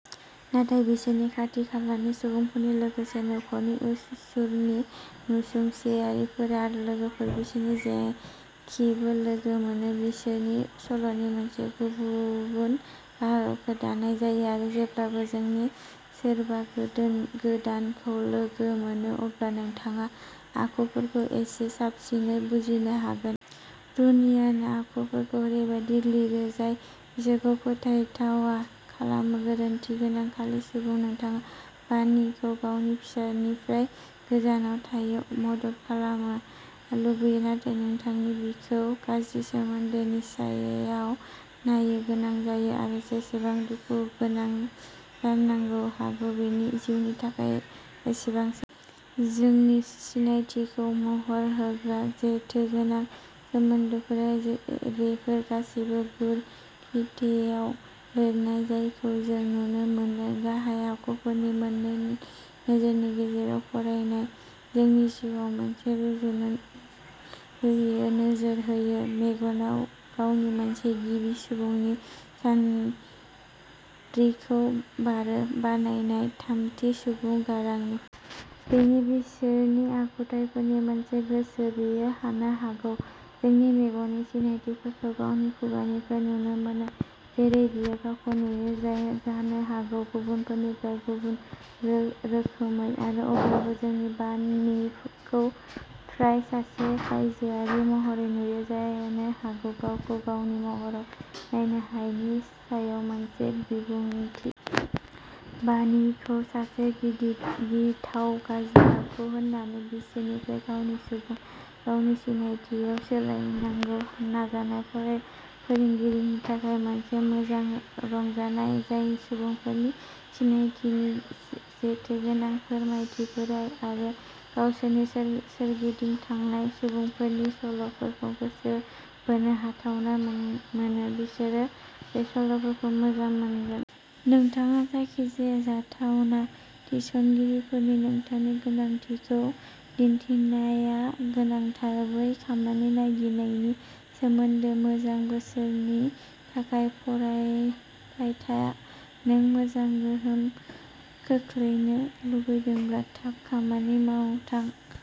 नाथाय बिसोरनि खाथि-खालानि सुबुंफोर-लोगोफोर, नखर, नसुंसेनि नसुंसेयारिफोर आरो लोगोफोर। बिसोर जेखौबो लोगो मोनो, बिसोरो सल'नि मोनसे गुबुन बाहागोखौ दानाय जायो, आरो जेब्ला जों सोरबा गोदानखौ लोगो मोनो, अब्ला नोंथाङा आखुफोरखौ एसे साबसिनै बुजिनो हागोन। रुनियनआ आखुफोरखौ ओरैबायदि लिरो जाय बिसोरखौ फोथायजाथाव खालामो-गोरोन्थिगोनां, खालि सुबुं। नोंथाङा बार्नीखौ गावनि फिसायनिफ्राय गोजानाव थानो मदद खालामनो लुबैयो, नाथाय नोंथाङा बिखौ गाज्रि सोमोन्दोनि समाव नायनो गोनां जायो। आरो जेसेबां दुखु गोनां जानो हागौ, बेयो जिउनि थाखाय एसेबां सैथो। जोंनि सिनायथिखौ महर होग्रा जेथोगोनां सोमोन्दोफोरा, बेफोर गासैबो गुड पिपलआव लिरजानाय, जायखौ जों नुनो मोनो। गाहाय आखुफोरनि मोन्नै नोजोरनि गेजेराव फरायनाया जोंनि जिउआव मोनसे रुजुजायै नोजोर होयोः मेगआ गावनि, मोनसे गिबि सुबुंनि सानरिखि, आरो बार्नीया थामथि सुबुंनि गारांनिफ्राय। बेयो बिसोरनि आखुथायफोरनि मोनसे गोसो बोनो हानाय बाहागो। जों मेगनि सिनायथिखौ गावनि खुगानिफ्राय नुनो मोनो, जेरै बियो गावखौ नुयो, जानो हागौ गुबुनफोरनिख्रुइ गुबुन रोखोमै। आरो अब्लाबो जों बार्नीखौ फ्राय सासे बायजोआरि महरै नुयो, जानो हागौ गावखौ गावनि महराव नायनो हायैनि सायाव मोनसे बिबुंथि। बार्नीखौ सासे गिथाव, गाज्रि आखु होनाय बिसिनिफ्राय गावनि सुबुं, गावनि सिनायथिआव सोलायनायखौ नायनाया फरायगिरिनि थाखाय मोनसे मोजां रंजानाय। जाय सुबुंफोरा सिनायथिनि जेथोगोनां फोरमायथिफोर आरो गावसोरनि सोरगिदिं थानाय सुबुंफोरनि सल'फोरखौ गोसो बोनो हाथावना मोनो, बिसोर बे सल'माखौ मोजां मोनगोन। नोंथाङा जायखिजाया जाथावना थिसनगिरिफोरनो नोंथांनि गोनांथिखौ दिन्थिनाया गोनांथार। बै खामानि नागिरनायनि सोमोन्दै मोजां बोसोनफोरनि थाखाय फरायबाय था। नों मोजां गोहोम खोख्लैनो लुबैदोंब्ला थाब खामानि मावनो थां।